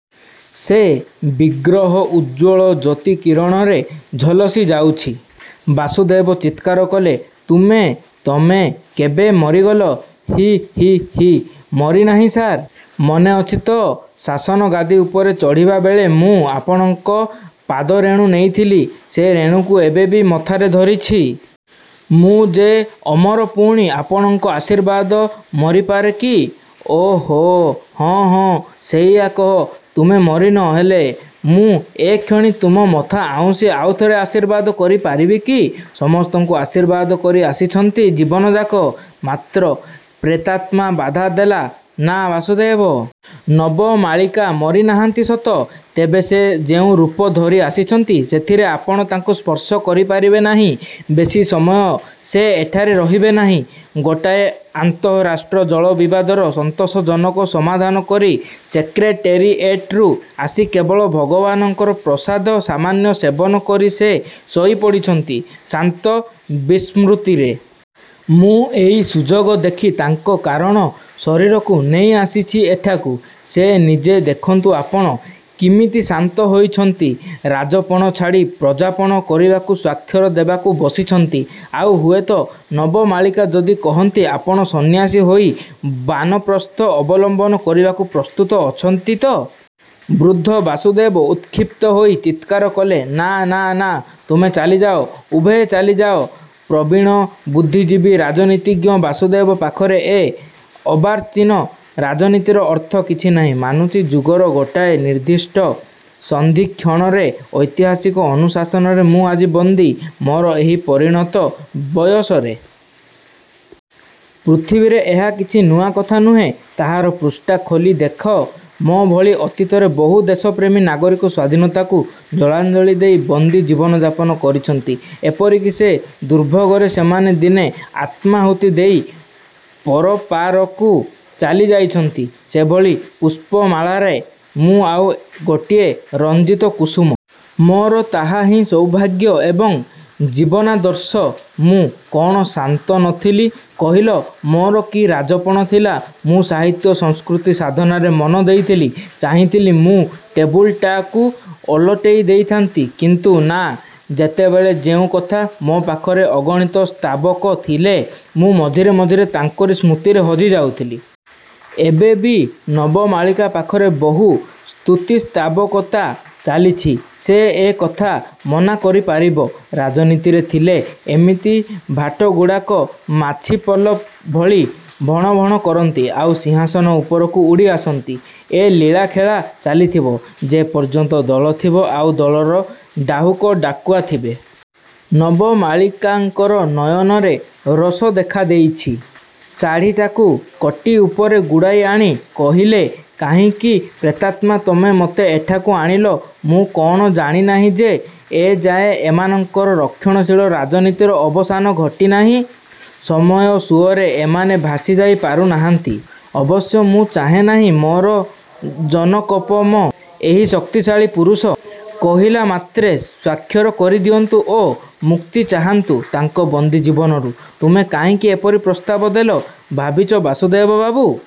ସେ ବିଗ୍ରହ ଉଜ୍ଜ୍ଵଳ ଜ୍ୟୋତି କିରଣରେ ଝଲସି ଯାଉଛି। ବାସୁଦେବ ଚିତ୍କାର କଲେ- '-ତୁମେ, ତମେ କେବେ ମରିଗଲ? ' 'ହିଃ-. ହିଃ- ହିଃ, ମରିନାହିଁ ସାର୍, ମନେଅଛି ତ ଶାସନଗାଦି ଉପରେ ଚଢ଼ିବା ବେଳେ ମୁଁ ଆପଣଙ୍କ ପାଦରେଣୁ ନେଇଥିଲି? ସେ ରେଣୁକୁ ଏବେ ବି ମଥାରେ ଧରିଛି। ମୁଁ ଯେ ଅମର ପୁଣି ଆପଣଙ୍କ ଆଶୀର୍ବାଦ ମରି ପାରେ କି? ଓହୋ, ହଁ-ହଁ, ସେଇଆ କହ-ତୁମେ ମରିନ-ହେଲେ ମୁଁ ଏକ୍ଷଣି ତୁମ ମଥା ଆଉଁସି ଆଉ ଥରେ ଆଶୀର୍ବାଦ କରିପାରିବି କି? ସମସ୍ତଙ୍କୁ ଆଶୀର୍ବାଦ କରି ଆସିଛନ୍ତି ଜୀବନଯାକ। ମାତ୍ର ପ୍ରେତାତ୍ମା ବାଧାଦେଲା- 'ନା, ବାସୁଦେବ! ନବମାଳିକା ମରିନାହାନ୍ତି ସତ, ତେବେ ସେ ଯେଉଁ ରୂପ ଧରି ଆସିଛନ୍ତି, ସେଥିରେ ଆପଣ ତାଙ୍କୁ ସ୍ପର୍ଶ କରିପାରିବେ ନାହିଁ। ବେଶି ସମୟ ସେ ଏଠାରେ ରହିବେ ନାହିଁ। ଗୋଟାଏ ଆନ୍ତଃରାଷ୍ଟ୍ର ଜଳ-ବିବାଦର ସନ୍ତୋଷଜନକ ସମାଧାନ କରି ସେକ୍ରେଟେରୀଏଟରୁ ଆସି କେବଳ ଭଗବାନଙ୍କର ପ୍ରସାଦ ସାମାନ୍ୟ ସେବନ କରି ସେ ଶୋଇପଡ଼ିଛନ୍ତି ଶାନ୍ତ ବିସ୍ମୃତିରେ-। ମୁଁ ଏଇ ସୁଯୋଗ ଦେଖି ତାଙ୍କ କାରଣ ଶରୀରକୁ ନେଇଆସିଛି ଏଠାକୁ। ସେ ନିଜେ, ଦେଖନ୍ତୁ ଆପଣ, କିମିତି ଶାନ୍ତ ହୋଇଛନ୍ତି, ରାଜପଣ ଛାଡ଼ି ପ୍ରଜାପଣ କରିବାକୁ ସ୍ଵାକ୍ଷର ଦେବାକୁ ବସିଛନ୍ତି, ଆଉ ହୁଏତ ନବମାଳିକା ଯଦି କହନ୍ତି ଆପଣ ସନ୍ନ୍ୟାସୀ ହୋଇ ବାନପ୍ରସ୍ଥ ଅବଲମ୍ବନ କରିବାକୁ ପ୍ରସ୍ତୁତ ଅଛନ୍ତି ତ? ବୃଦ୍ଧ ବାସୁଦେବ ଉତ୍କ୍ଷିପ୍ତ ହୋଇ। ଚିତ୍କାର କଲେ-ନା, ନା, ନା, ତୁମେ ଚାଲିଯାଅ-ଉଭୟେ ଚାଲିଯାଅ। ପ୍ରବୀଣ ବୁଦ୍ଧିଜୀବୀ ରାଜନୀତିଜ୍ଞ ବାସୁଦେବ ପାଖରେ ଏ ଅର୍ବାଚୀନ ରାଜନୀତିର ଅର୍ଥ କିଛିନାହିଁ। ମାନୁଛି, ଯୁଗର ଗୋଟାଏ ନିର୍ଦ୍ଦିଷ୍ଟ ସନ୍ଧିକ୍ଷଣରେ ଐତିହାସିକ ଅନୁଶାସନରେ ମୁଁ ଆଜି ବନ୍ଦୀ, ମୋର ଏହି ପରିଣତ ବୟସରେ। ପୃଥିବୀରେ ଏହା କିଛି ନୂଆ କଥା ନୁହେଁ। ତାହାର ପୃଷ୍ଠା ଖୋଲି ଦେଖ ମୋ ଭଳି ଅତୀତରେ ବହୁ ଦେଶପ୍ରେମୀ ନାଗରିକ ସ୍ୱାଧୀନତାକୁ ଜଳାଞ୍ଜଳି ଦେଇ ବନ୍ଦୀ ଜୀବନଯାପନ କରିଛନ୍ତି, ଏପରିକି ସେ ଦୁର୍ଭୋଗରେ ସେମାନେ ଦିନେ ଆତ୍ମାହୁତି ଦେଇ ପରପାରକୁ ଚାଲିଯାଇଛନ୍ତି। ସେଭଳି ପୁଷ୍ପାମାଳାରେ ମୁଁ ଆଉ ଗୋଟିଏ ରଂଜିତ କୁସୁମ। ମୋର ତାହାହିଁ ସୌଭାଗ୍ୟ ଏବଂ ଜୀବନାଦର୍ଶ-.. ମୁଁ କଅଣ ଶାନ୍ତ ନ ଥିଲି? କହିଲ, ମୋର କି ରାଜପଣ ଥିଲା? ମୁଁ ସାହିତ୍ୟ ସଂସ୍କୃତି ସାଧନରେ ମନ ଦେଇଥିଲି। ଚାହିଁଥିଲେ ମୁଁ ଟେବୁଲଟାକୁ ଓଲଟେଇ ଦେଇଥାନ୍ତି, କିନ୍ତୁ ନା- ଯେତେବେଳେ ଯେଉଁ କଥା। ମୋ ପାଖରେ ଅଗଣିତ ସ୍ତାବକ ଥିଲେ, ମୁଁ ମଝିରେ ମଝିରେ ତାଙ୍କରି ସ୍ମୃତିରେ ହଜିଯାଉଥିଲି। ଏବେ ବି ନବମାଳିକା ପାଖରେ ବହୁ ସ୍ତୁତିସ୍ତାବକତା ଚାଲିଛି। ସେ ଏ କଥା ମନାକରିପାରିବ? ରାଜନୀତିରେ ଥିଲେ ଏମିତି ଭାଟଗୁଡ଼ାକ ମାଛିପଲ ଭଳି ଭଣଭଣ କରନ୍ତି, ଆଉ ସିଂହାସନ ଉପରକୁ ଉଡ଼ିଆସନ୍ତି। ଏ ଲୀଳାଖେଳା ଚାଲିଥିବ, ଯେ ପର୍ଯ୍ୟନ୍ତ ଦଳ ଥିବ, ଆଉ ଦଳର ଡାହୁକ ଡାକୁଆ ଥିବେ। ନବମାଳିକାଙ୍କର ନୟନରେ ରୋଷ ଦେଖାଦେଇଛି। ଶାଢ଼ିଟାକୁ କଟୀ ଉପରେ ଗୁଡ଼ାଇ ଆଣି କହିଲେ-"କାହିଁକି ପ୍ରେତାତ୍ମା ତମେ ମତେ ଏଠାକୁ ଆଣିଲ? ମୁଁ କଅଣ ଜାଣିନାହିଁ ଯେ ଏଯାଏ ଏମାନଙ୍କର ରକ୍ଷଣଶୀଳ ରାଜନୀତିର ଅବସାନ ଘଟିନାହିଁ? ସମୟ-ସୁଅରେ ଏମାନେ ଭାସିଯାଇ-ପାରୁନାହାନ୍ତି? ଅବଶ୍ୟ ମୁଁ ଚାହେନାହିଁ ମୋର ଜନକୋପମ ଏହି ଶକ୍ତିଶାଳୀ ପୁରୁଷ, କହିଲା ମାତ୍ରେ ସ୍ଵାକ୍ଷର କରିଦିଅନ୍ତୁ ଓ ମୁକ୍ତି ଚାହାନ୍ତୁ ତାଙ୍କ ବନ୍ଦୀ ଜୀବନରୁ। ତୁମେ କାହିଁକି ଏପରି ପ୍ରସ୍ତାବ ଦେଲ? ଭାବିଛ ବାସୁଦେବ ବାବୁ